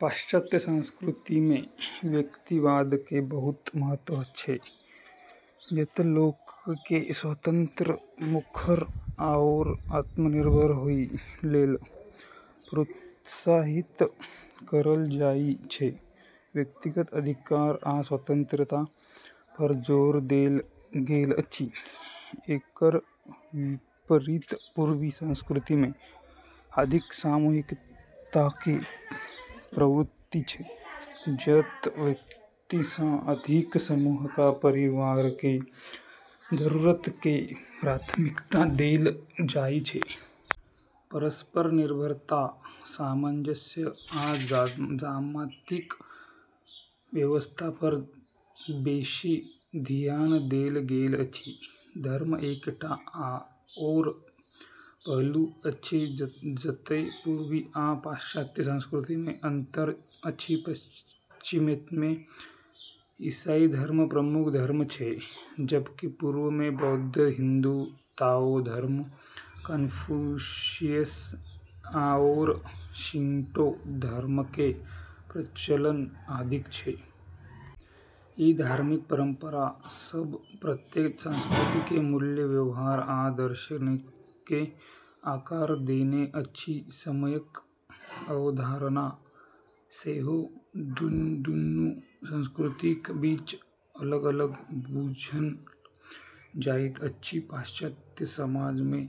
पाश्चात्य संस्कृतिमे व्यक्तिवादके बहुत महत्व छै, जतऽ लोकके स्वतंत्र, मुखर, आओर आत्मनिर्भर होइ लेल प्रोत्साहित करल जाइ छै। व्यक्तिगत अधिकार आ स्वतंत्रता पर जोर देल गेल अछि। एकर विपरीत पूर्वी संस्कृतिमे अधिक सामूहिकताके प्रवृत्ति छै, जतऽ व्यक्तिसँ अधिक समूह या परिवारके जरूरतके प्राथमिकता देल जाइ छै। परस्पर निर्भरता, सामंजस्य, आ सामाजिक व्यवस्था पर बेशी धियान देल गेल अछि। धर्म एकटा आओर पहलू अछि जतय पूर्वी आ पाश्चात्य संस्कृतिमे अंतर अछि पश्चिममे ईसाई धर्म प्रमुख धर्म छै, जबकि पूर्वमे बौद्ध, हिन्दू, ताओ धर्म, कन्फ्यूशियस, आओर शिंटो धर्मके प्रचलन अधिक छै। ई धार्मिक परंपरा सब प्रत्येक संस्कृतिके मूल्य, व्यवहार, आ दर्शनके आकार देने अछि समयक अवधारणा सेहो दुन्नु संस्कृतिक बीच अलग-अलग बूझल जाइत अछि पाश्चात्य समाजमे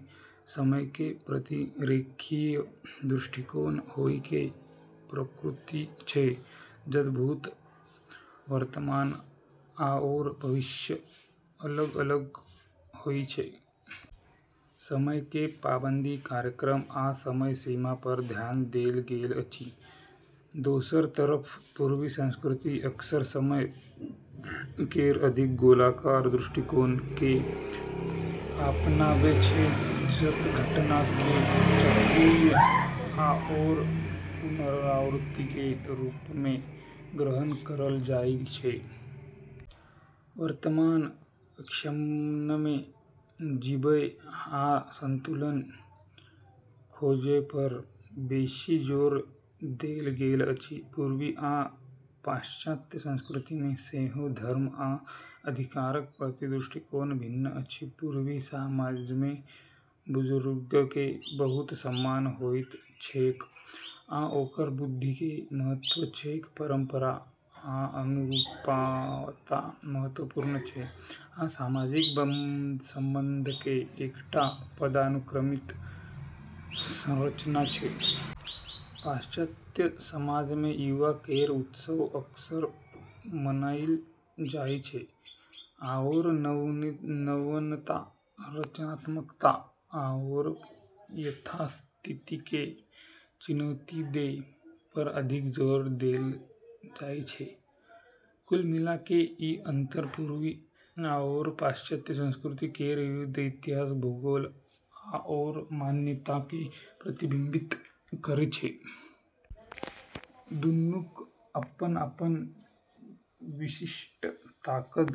समयके प्रति रेखीय दृष्टिकोण होइके प्रवृत्ति छै, जतऽ भूत, वर्तमान आओर भविष्य अलग-अलग होइ छै। समयके पाबंदी, कार्यक्रम, आ समय सीमा पर ध्यान देल गेल अछि। दोसर तरफ पूर्वी संस्कृति अक्सर समय केर अधिक गोलाकार दृष्टिकोणके अपनाबै छै, जतऽ घटनाके चक्रीय आओर पुनरावर्तीके रूपमे ग्रहण करल जाइ छै। वर्तमान क्षणमे जीबय आ संतुलन खोजय पर बेशी जोर देल गेल अछि । पूर्वी आ पाश्चात्य संस्कृतिमे सेहो उम्र आ अधिकारक प्रति दृष्टिकोण भिन्न अछि पूर्वी समाजमे बुजुर्गके बहुत सम्मान होइत छैक आ ओकर बुद्धिके महत्व छैक परंपरा आ अनुरूपता महत्वपूर्ण छै, आ सामाजिक संबंधके एकटा पदानुक्रमित संरचना छै । पाश्चात्य समाजमे युवा केर उत्सव अक्सर मनाइल जाइ छै, आओर नवीनता, रचनात्मकता, आओर यथास्थितिके चुनौती दै पर अधिक जोर देल जाइ छै। कुल मिला क' ई अंतर पूर्वी आओर पाश्चात्य संस्कृति केर विविध इतिहास, भूगोल, आओर मान्यताके प्रतिबिंबित करै छै। दुन्नूक अपन-अपन विशिष्ट ताकत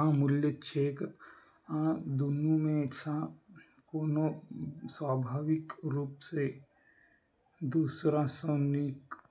आ मूल्य छैक, आ दुन्नूमे सँ कोनो स्वाभाविक रूप सँ दोसर सँ नीक नहि।